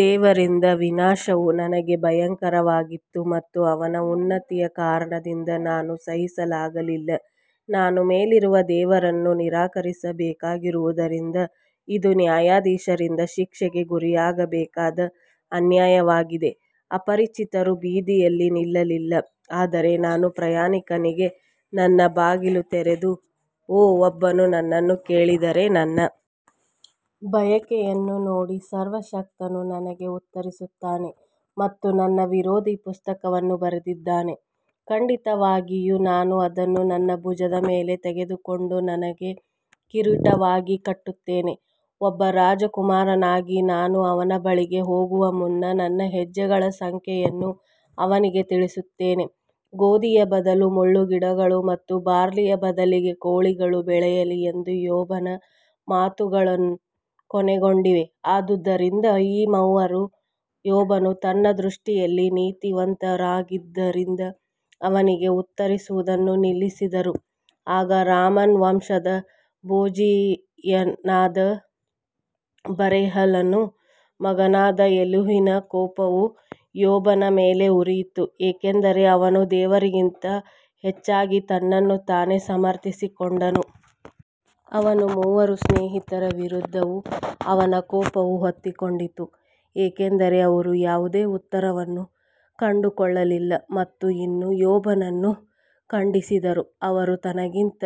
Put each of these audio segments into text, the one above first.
ದೇವರಿಂದ ವಿನಾಶವು ನನಗೆ ಭಯಂಕರವಾಗಿತ್ತು ಮತ್ತು ಅವನ ಉನ್ನತಿಯ ಕಾರಣದಿಂದ ನಾನು ಸಹಿಸಲಾಗಲಿಲ್ಲ ನಾನು ಮೇಲಿರುವ ದೇವರನ್ನು ನಿರಾಕರಿಸಬೇಕಾಗಿರುವುದರಿಂದ ಇದು ನ್ಯಾಯಾಧೀಶರಿಂದ ಶಿಕ್ಷೆಗೆ ಗುರಿಯಾಗಬೇಕಾದ ಅನ್ಯಾಯವಾಗಿದೆ ಅಪರಿಚಿತರು ಬೀದಿಯಲ್ಲಿ ನಿಲ್ಲಲಿಲ್ಲ ಆದರೆ ನಾನು ಪ್ರಯಾಣಿಕನಿಗೆ ನನ್ನ ಬಾಗಿಲು ತೆರೆದೆ ಓಹ್, ಒಬ್ಬನು ನನ್ನನ್ನು ಕೇಳಿದರೆ, ನನ್ನ ಬಯಕೆಯನ್ನು ನೋಡಿ, ಸರ್ವಶಕ್ತನು ನನಗೆ ಉತ್ತರಿಸುತ್ತಾನೆ ಮತ್ತು ನನ್ನ ವಿರೋಧಿ ಪುಸ್ತಕವನ್ನು ಬರೆದಿದ್ದಾನೆ ಖಂಡಿತವಾಗಿಯೂ ನಾನು ಅದನ್ನು ನನ್ನ ಭುಜದ ಮೇಲೆ ತೆಗೆದುಕೊಂಡು ನನಗೆ ಕಿರೀಟವಾಗಿ ಕಟ್ಟುತ್ತೇನೆ ಒಬ್ಬ ರಾಜಕುಮಾರನಾಗಿ ನಾನು ಅವನ ಬಳಿಗೆ ಹೋಗುವ ನನ್ನ ಹೆಜ್ಜೆಗಳ ಸಂಖ್ಯೆಯನ್ನು ಅವನಿಗೆ ತಿಳಿಸುತ್ತೇನೆ ಗೋಧಿಯ ಬದಲು ಮುಳ್ಳುಗಿಡಗಳು ಮತ್ತು ಬಾರ್ಲಿಯ ಬದಲಿಗೆ ಕೋಳಿಗಳು ಬೆಳೆಯಲಿ ಎಂದು ಯೋಬನ ಮಾತುಗಳು ಕೊನೆಗೊಂಡಿವೆ ಆದುದರಿಂದ ಈ ಮೂವರು ಯೋಬನು ತನ್ನ ದೃಷ್ಟಿಯಲ್ಲಿ ನೀತಿವಂತನಾಗಿದ್ದರಿಂದ ಅವನಿಗೆ ಉತ್ತರಿಸುವುದನ್ನು ನಿಲ್ಲಿಸಿದರು ಆಗ ರಾಮನ ವಂಶದ ಬೂಜಿಯನಾದ ಬರಹೇಲನ ಮಗನಾದ ಎಲೀಹುವಿನ ಕೋಪವು ಯೋಬನ ಮೇಲೆ ಉರಿಯಿತು, ಏಕೆಂದರೆ ಅವನು ದೇವರಿಗಿಂತ ಹೆಚ್ಚಾಗಿ ತನ್ನನ್ನು ತಾನೇ ಸಮರ್ಥಿಸಿಕೊಂಡನು. ಅವನ ಮೂವರು ಸ್ನೇಹಿತರ ವಿರುದ್ಧವೂ ಅವನ ಕೋಪವು ಹೊತ್ತಿಕೊಂಡಿತು ಏಕೆಂದರೆ ಅವರು ಯಾವುದೇ ಉತ್ತರವನ್ನು ಕಂಡುಕೊಳ್ಳಲಿಲ್ಲ ಮತ್ತು ಇನ್ನೂ ಯೋಬನನ್ನು ಖಂಡಿಸಿದರು ಅವರು ತನಗಿಂತ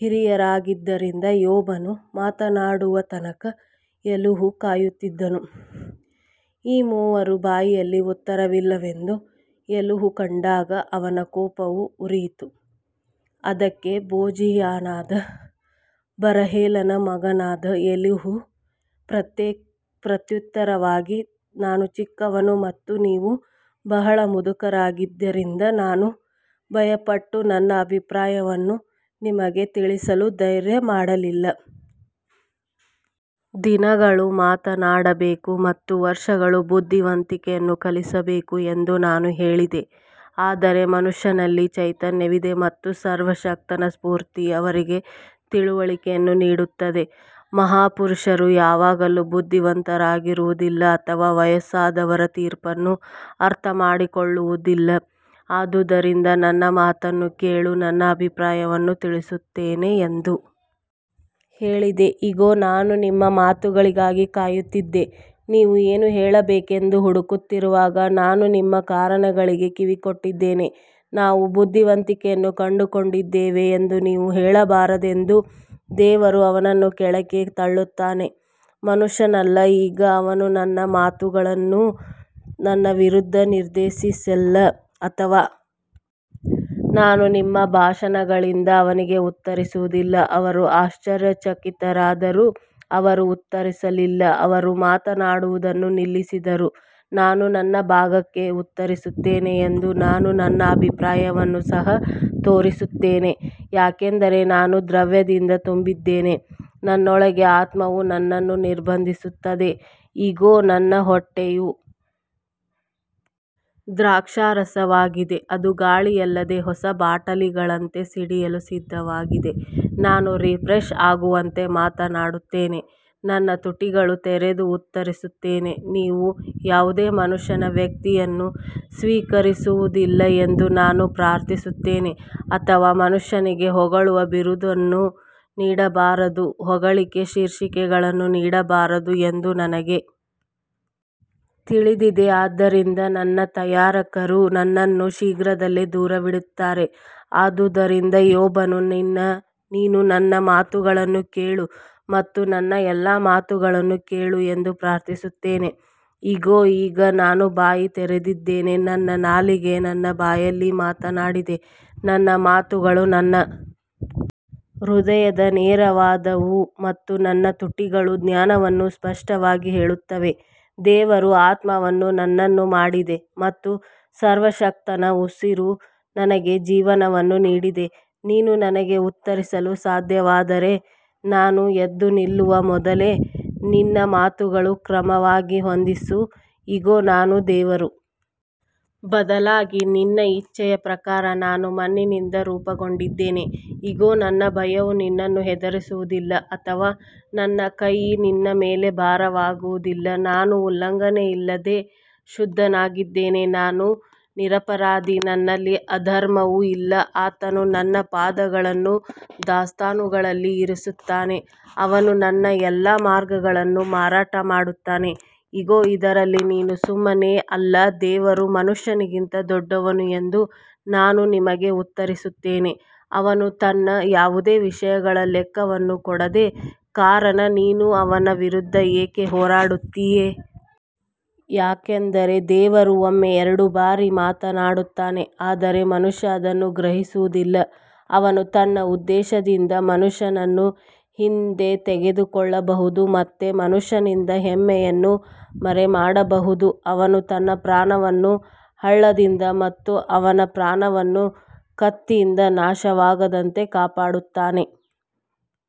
ಹಿರಿಯರಾಗಿದ್ದರಿಂದ ಯೋಬನು ಮಾತನಾಡುವ ತನಕ ಎಲೀಹು ಕಾಯುತ್ತಿದ್ದನು ಈ ಮೂವರ ಬಾಯಲ್ಲಿ ಉತ್ತರವಿಲ್ಲವೆಂದು ಎಲೀಹು ಕಂಡಾಗ ಅವನ ಕೋಪವು ಉರಿಯಿತು ಅದಕ್ಕೆ ಬೂಜಿಯನಾದ ಬರಹೇಲನ ಮಗನಾದ ಎಲೀಹು ಪ್ರತ್ಯುತ್ತರವಾಗಿ ನಾನು ಚಿಕ್ಕವನು ಮತ್ತು ನೀವು ಬಹಳ ಮುದುಕರಾಗಿದ್ದರಿಂದ ನಾನು ಭಯಪಟ್ಟು ನನ್ನ ಅಭಿಪ್ರಾಯವನ್ನು ನಿಮಗೆ ತಿಳಿಸಲು ಧೈರ್ಯಮಾಡಲಿಲ್ಲ. ದಿನಗಳು ಮಾತನಾಡಬೇಕು ಮತ್ತು ವರ್ಷಗಳು ಬುದ್ಧಿವಂತಿಕೆಯನ್ನು ಕಲಿಸಬೇಕು ಎಂದು ನಾನು ಹೇಳಿದೆ ಆದರೆ ಮನುಷ್ಯನಲ್ಲಿ ಚೈತನ್ಯವಿದೆ ಮತ್ತು ಸರ್ವಶಕ್ತನ ಸ್ಫೂರ್ತಿ ಅವರಿಗೆ ತಿಳುವಳಿಕೆಯನ್ನು ನೀಡುತ್ತದೆ ಮಹಾಪುರುಷರು ಯಾವಾಗಲೂ ಬುದ್ಧಿವಂತರಾಗಿರುವುದಿಲ್ಲ ಅಥವಾ ವಯಸ್ಸಾದವರು ತೀರ್ಪನ್ನು ಅರ್ಥಮಾಡಿಕೊಳ್ಳುವುದಿಲ್ಲ ಆದುದರಿಂದ ನನ್ನ ಮಾತನ್ನು ಕೇಳು, ನನ್ನ ಅಭಿಪ್ರಾಯವನ್ನೂ ತಿಳಿಸುತ್ತೇನೆ ಎಂದು ಹೇಳಿದೆ ಇಗೋ, ನಾನು ನಿಮ್ಮ ಮಾತುಗಳಿಗಾಗಿ ಕಾಯುತ್ತಿದ್ದೆ, ನೀವು ಏನು ಹೇಳಬೇಕೆಂದು ಹುಡುಕುತ್ತಿರುವಾಗ ನಾನು ನಿಮ್ಮ ಕಾರಣಗಳಿಗೆ ಕಿವಿಗೊಟ್ಟಿದ್ದೇನೆ ನಾವು ಬುದ್ಧಿವಂತಿಕೆಯನ್ನು ಕಂಡುಕೊಂಡಿದ್ದೇವೆ ಎಂದು ನೀವು ಹೇಳಬಾರದೆಂದು ದೇವರು ಅವನನ್ನು ಕೆಳಕ್ಕೆ ತಳ್ಳುತ್ತಾನೆ ಮನುಷ್ಯನಲ್ಲ ಈಗ ಅವನು ತನ್ನ ಮಾತುಗಳನ್ನು ನನ್ನ ವಿರುದ್ಧ ನಿರ್ದೇಶಿಸಿಲ್ಲ ಅಥವಾ ನಾನು ನಿಮ್ಮ ಭಾಷಣಗಳಿಂದ ಅವನಿಗೆ ಉತ್ತರಿಸುವುದಿಲ್ಲ ಅವರು ಆಶ್ಚರ್ಯಚಕಿತರಾದರು, ಅವರು ಉತ್ತರಿಸಲಿಲ್ಲ, ಅವರು ಮಾತನಾಡುವುದನ್ನು ನಿಲ್ಲಿಸಿದರು ನಾನು ನನ್ನ ಭಾಗಕ್ಕೆ ಉತ್ತರಿಸುತ್ತೇನೆ ಎಂದು ನಾನು ನನ್ನ ಅಭಿಪ್ರಾಯವನ್ನು ಸಹ ತೋರಿಸುತ್ತೇನೆ ಯಾಕಂದರೆ ನಾನು ದ್ರವ್ಯದಿಂದ ತುಂಬಿದ್ದೇನೆ ನನ್ನೊಳಗಿನ ಆತ್ಮವು ನನ್ನನ್ನು ನಿರ್ಬಂಧಿಸುತ್ತದೆ ಇಗೋ, ನನ್ನ ಹೊಟ್ಟೆಯು ದ್ರಾಕ್ಷಾರಸವಾಗಿದೆ, ಅದು ಗಾಳಿಯಿಲ್ಲದ ಹೊಸ ಬಾಟಲಿಗಳಂತೆ ಸಿಡಿಯಲು ಸಿದ್ಧವಾಗಿದೆ ನಾನು ರಿಫ್ರೆಶ್ ಆಗುವಂತೆ ಮಾತನಾಡುತ್ತೇನೆ, ನನ್ನ ತುಟಿಗಳನ್ನು ತೆರೆದು ಉತ್ತರಿಸುತ್ತೇನೆ ನೀವು ಯಾವುದೇ ಮನುಷ್ಯನ ವ್ಯಕ್ತಿಯನ್ನು ಸ್ವೀಕರಿಸುವುದಿಲ್ಲ ಎಂದು ನಾನು ಪ್ರಾರ್ಥಿಸುತ್ತೇನೆ ಅಥವಾ ಮನುಷ್ಯನಿಗೆ ಹೊಗಳುವ ಬಿರುದುಗಳನ್ನು ನೀಡಬಾರದು ಹೊಗಳಿಕೆಯ ಶೀರ್ಷಿಕೆಗಳನ್ನು ನೀಡಬಾರದು ಎಂದು ನನಗೆ ತಿಳಿದಿದೆ, ಆದ್ದರಿಂದ ನನ್ನ ತಯಾರಕರು ನನ್ನನ್ನು ಶೀಘ್ರದಲ್ಲೇ ದೂರವಿಡುತ್ತಾರೆ ಆದುದರಿಂದ ಯೋಬನು ನೀನು ನನ್ನ ಮಾತುಗಳನ್ನು ಕೇಳು ಮತ್ತು ನನ್ನ ಎಲ್ಲಾ ಮಾತುಗಳನ್ನು ಕೇಳು ಎಂದು ಪ್ರಾರ್ಥಿಸುತ್ತೇನೆ ಇಗೋ ಈಗ ನಾನು ಬಾಯಿ ತೆರೆದಿದ್ದೇನೆ ನನ್ನ ನಾಲಿಗೆ ನನ್ನ ಬಾಯಲ್ಲಿ ಮಾತನಾಡಿದೆ ನನ್ನ ಮಾತುಗಳು ನನ್ನ ಹೃದಯದ ನೇರವಾದವು ಮತ್ತು ನನ್ನ ತುಟಿಗಳು ಜ್ಞಾನವನ್ನು ಸ್ಪಷ್ಟವಾಗಿ ಹೇಳುತ್ತವೆ ದೇವರ ಆತ್ಮವು ನನ್ನನ್ನು ಮಾಡಿದೆ ಮತ್ತು ಸರ್ವಶಕ್ತನ ಉಸಿರು ನನಗೆ ಜೀವವನ್ನು ನೀಡಿದೆ ನೀನು ನನಗೆ ಉತ್ತರಿಸಲು ಸಾಧ್ಯವಾದರೆ ನಾನು ಎದ್ದು ನಿಲ್ಲುವ ಮೊದಲು ನಿನ್ನ ಮಾತುಗಳನ್ನು ಕ್ರಮವಾಗಿ ಹೊಂದಿಸು ಇಗೋ, ನಾನು ದೇವರ ಬದಲಾಗಿ ನಿನ್ನ ಇಚ್ಛೆಯ ಪ್ರಕಾರ ನಾನು ಮಣ್ಣಿನಿಂದ ರೂಪುಗೊಂಡಿದ್ದೇನೆ ಇಗೋ, ನನ್ನ ಭಯವು ನಿನ್ನನ್ನು ಹೆದರಿಸುವುದಿಲ್ಲ ಅಥವಾ ನನ್ನ ಕೈ ನಿನ್ನ ಮೇಲೆ ಭಾರವಾಗುವುದಿಲ್ಲ ನಾನು ಉಲ್ಲಂಘನೆಯಿಲ್ಲದೆ ಶುದ್ಧನಾಗಿದ್ದೇನೆ, ನಾನು ನಿರಪರಾಧಿ, ನನ್ನಲ್ಲಿ ಅಧರ್ಮವೂ ಇಲ್ಲ ಆತನು ನನ್ನ ಪಾದಗಳನ್ನು ದಾಸ್ತಾನುಗಳಲ್ಲಿ ಇರಿಸುತ್ತಾನೆ, ಅವನು ನನ್ನ ಎಲ್ಲಾ ಮಾರ್ಗಗಳನ್ನು ಮಾರಾಟ ಮಾಡುತ್ತಾನೆ ಇಗೋ, ಇದರಲ್ಲಿ ನೀನು ಸುಮ್ಮನೆ ಅಲ್ಲ, ದೇವರು ಮನುಷ್ಯನಿಗಿಂತ ದೊಡ್ಡವನು ಎಂದು ನಾನು ನಿಮಗೆ ಉತ್ತರಿಸುತ್ತೇನೆ ಅವನು ತನ್ನ ಯಾವುದೇ ವಿಷಯಗಳ ಲೆಕ್ಕವನ್ನು ಕೊಡದ ಕಾರಣ ನೀನು ಅವನ ವಿರುದ್ಧ ಏಕೆ ಹೋರಾಡುತ್ತೀಯ? ಯಾಕಂದರೆ ದೇವರು ಒಮ್ಮೆ ಎರಡು ಬಾರಿ ಮಾತನಾಡುತ್ತಾನೆ ಆದರೆ ಮನುಷ್ಯನು ಅದನ್ನು ಗ್ರಹಿಸುವುದಿಲ್ಲ ಅವನು ತನ್ನ ಉದ್ದೇಶದಿಂದ ಮನುಷ್ಯನನ್ನು ಹಿಂತೆಗೆದುಕೊಳ್ಳಬಹುದು ಮತ್ತು ಮನುಷ್ಯನಿಂದ ಹೆಮ್ಮೆಯನ್ನು ಮರೆಮಾಡಬಹುದು ಅವನು ತನ್ನ ಪ್ರಾಣವನ್ನು ಹಳ್ಳದಿಂದ ಮತ್ತು ಅವನ ಪ್ರಾಣವನ್ನು ಕತ್ತಿಯಿಂದ ನಾಶವಾಗದಂತೆ ಕಾಪಾಡುತ್ತಾನೆ.